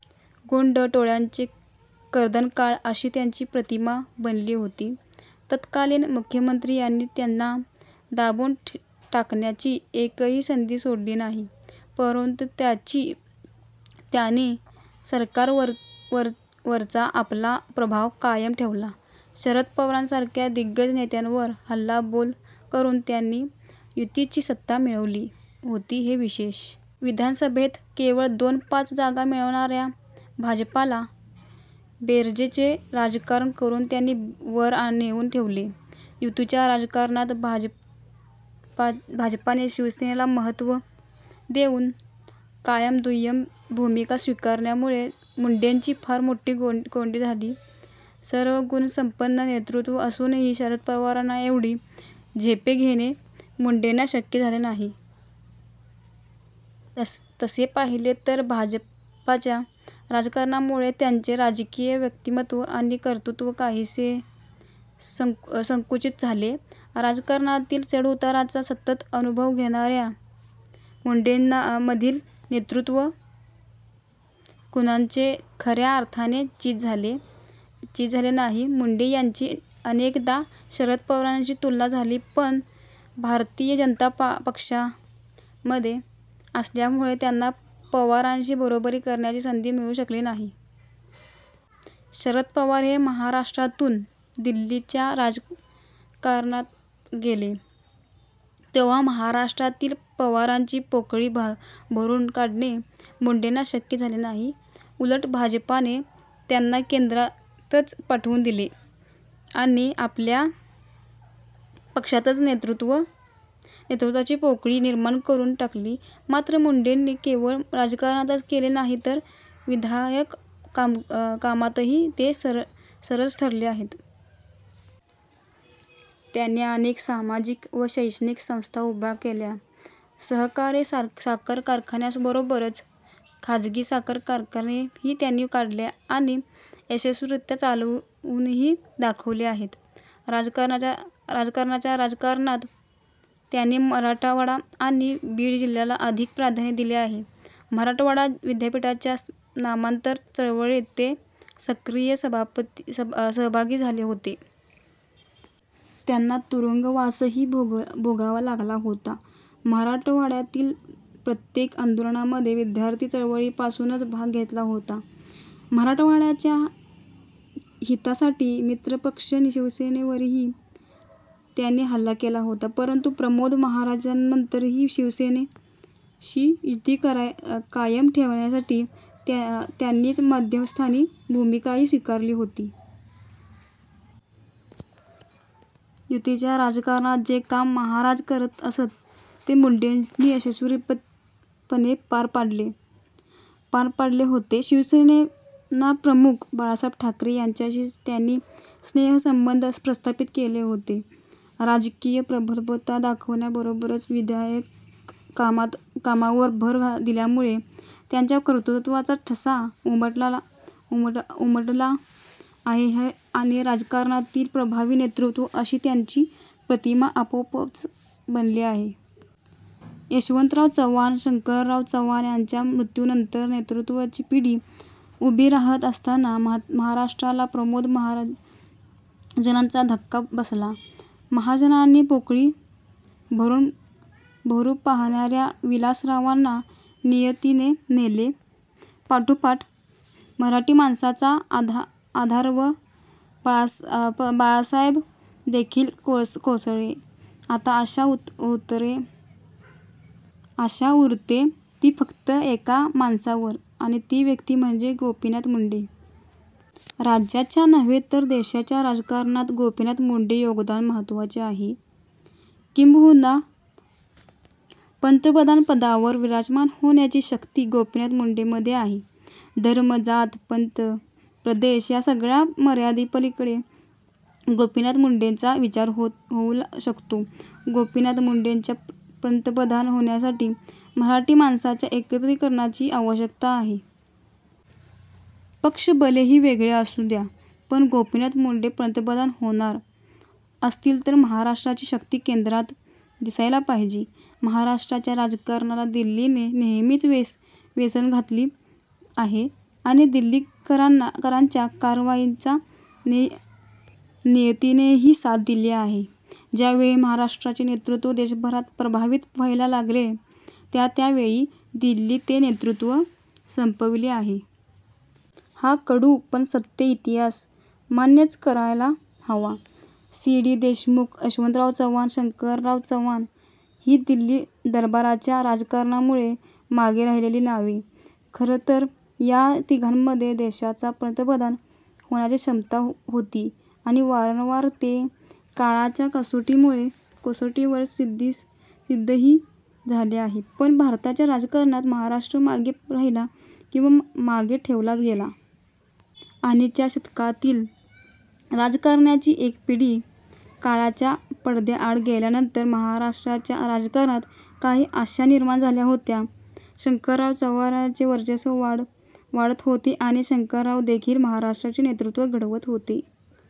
गुण्ड टोळय़ांचे कर्दनकाळ अशी त्यांची प्रतिमा बनली होती. तत्कालीन मुख्यमंत्री यांनी त्यांना दाबून टाकण्याची एकही संधी सोडली नाही; परंतु त्यांनी सरकारवरचा आपला प्रभाव कायम ठेवला. शरद पवारांसारख्या दिग्गज नेत्यावर हल्लाबोल करून त्यांनी युतीची सत्ता मिळवली होती, हे विशेष. विधानसभेत केवळ दोन-पाच जागा मिळवणाऱ्या भाजपाला बेरजेचे राजकारण करून त्यांनी वर नेऊन ठेवले. युतीच्या राजकारणात भाजपाने शिवसेनेला महत्त्व देऊन कायम दुय्यम भूमिका स्वीकारल्यामुळे मुंडेंची फार मोठी कोंडी झाली. सर्वगुणसम्पन्न नेतृत्व असूनही शरद पवारांएवढी झेप घेणे मुंडेंना शक्य झाले नाही. तसे पाहिले तर भाजपाच्या राजकारणामुळे त्यांचे राजकीय व्यक्तिमत्त्व आणि कर्तृत्त्व काहीसे संकुचित झाले. राजकारणातील चढउतारांचा सतत अनुभव घेणाऱ्या मुंडेंमधील नेतृत्व गुणांचे खऱ्या अर्थाने चिज झाले नाही. मुंडे यांची अनेकदा शरद पवारांशी तुलना झाली; पण भारतीय जनता पक्षामध्ये असल्यामुळे त्यांना पवारांशी बरोबरी करण्याची संधी मिळू शकली नाही. शरद पवार हे महाराष्ट्रातून दिल्लीच्या राजकारणात गेले, तेव्हा महाराराष्ट्रातील पवारांची पोकळी भरून काढणे मुंडेंना शक्य झाले नाही. उलट भाजपाने त्यांना केंद्रातच पाठवून दिले आणि आपल्या पक्षातच नेतृत्वाची पोकळी निर्माण करून टाकली. मात्र मुंडेंनी केवळ राजकारणच केले नाही, तर विधायक कामातही ते सरस ठरले आहेत. त्यांनी अनेक सामाजिक व शैक्षणिक संस्था उभ्या केल्या. सहकारी साखर कारखान्यांबरोबरच खाजगी साखर कारखानेही त्यांनी काढले आणि यशस्वीरीत्या चालवूनही दाखवले आहेत. राज्याच्या राजकारणात त्यांनी मराठवाडा आणि बीड जिल्ह्याला अधिक प्राधान्य दिले आहे. मराठवाडा विद्यापीठाच्या नामांतर चळवळीत ते सक्रिय सहभागी झाले होते. त्यांना तुरुंगवासही भोगावा लागला होता. मराठवाडय़ातील प्रत्येक आंदोलनामध्ये विद्यार्थी चळवळीपासूनच भाग घेतला होता. मराठवाडय़ाच्या हितासाठी मित्रपक्ष शिवसेनेवरही त्यांनी हल्ला केला होता; परंतु प्रमोद महाजनांनंतर शिवसेनेशी युती कायम ठेवण्यासाठी त्यांनीच मध्यस्थाची भूमिकाही स्वीकारली होती. युतीच्या राजकारणात जे काम महाजन करतअसत ते मुंडेंनी यशस्वीपणे पार पाडले होते. शिवसेनाप्रमुख बाळासाहेब ठाकरे यांच्याशी त्यांनी स्नेहसंबंध प्रस्थापित केले होते. राजकीय प्रगल्भता दाखवण्याबरोबरच विधायक कामावर भर दिल्यामुळे त्यांच्या कर्तृत्त्वाचा ठसा उमटवला आहे आणि राजकारणातील प्रभावी नेतृत्व अशी त्यांची प्रतिमा आपोआपच बनली आहे. यशवन्तराव चव्हाण, शंकरराव चव्हाण यांच्या मृत्यूनंतर नेतृत्वाची पिढी उभी राहत असताना महाराष्ट्राला प्रमोद महाजनांचा धक्का बसला. महाजनांची पोकळी भरू पाहणाऱ्या विलासरावांना नियतीने नेले. पाठोपाठ मराठी माणसांचा आधारवड बाळासाहेबदेखील कोसळले. आता आशा उरते ती फक्त एका माणसांवर आणि ती व्यक्ती म्हणजे गोपीनाथ मुंडे. राज्याच्याच नव्हे तर देशाच्या राजकारणात गोपीनाथ मुंडेचे योगदान महत्त्वाचे आहे. किंबहुना पन्तप्रधानपदावर विराजमान होण्याची शक्ती गोपीनाथ मुंडेच्यामध्ये आहे. धर्म-जात-पंथ-प्रदेश या सगळय़ा मर्यादांपलीकडे गोपीनाथ मुंडेचा विचार होऊ शकतो. गोपीनाथ मुंडेच्या पन्तप्रधान होण्यासाठी मराठी माणसांच्या एकत्रीकरणाची आवश्यकता आहे. पक्ष भलेही वेगळे असू द्या पण गोपीनाथ मुंडे पन्तप्रधान होणार असतील तर महाराष्ट्राची शक्ती केंद्रात दिसायला पाहिजे. महाराष्ट्राच्या राजकारणाला दिल्लीने नेहमीच वेसण घातली आहे आणि दिल्लीकरांच्या कारवायांचा नियतीनेही साथ दिली आहे. ज्या वेळी महाराष्ट्राचे नेतृत्व देशभरात प्रभावित व्हायला लागेल त्या त्या वेळी दिल्ली ते नेतृत्व संपविले आहे. हा कडू पण सत्य इतिहास मान्यच करायला हवा. सी. डी. देशमुख, यशवन्तराव चव्हाण, शंकरराव चव्हाण ही दिल्ली दरबाराच्या राजकारणामुळे मागे राहिलेली नावे. खरंतर या तिघांमध्ये देशाचा पन्तप्रधान होण्याची क्षमता होती आणि वारंवार ते काळाच्या कसोटीवर सिद्धही झाले आहे; पण भारताच्या राजकारणात महाराष्ट्र मागे राहिला किंवा मागे ठेवला गेला. आणि च्या शतकातील राजकारण्यांची एक पिढी काळाच्या पडद्याआड गेल्यानंतर महाराष्ट्राच्या राजकारणात काही आशा निर्माण झाल्या होत्या. शंकरराव चव्हाणांचे वर्चस्व वाढत होते आणि शंकररावदेखील महाराष्ट्रातले नेतृत्व घडवत होते.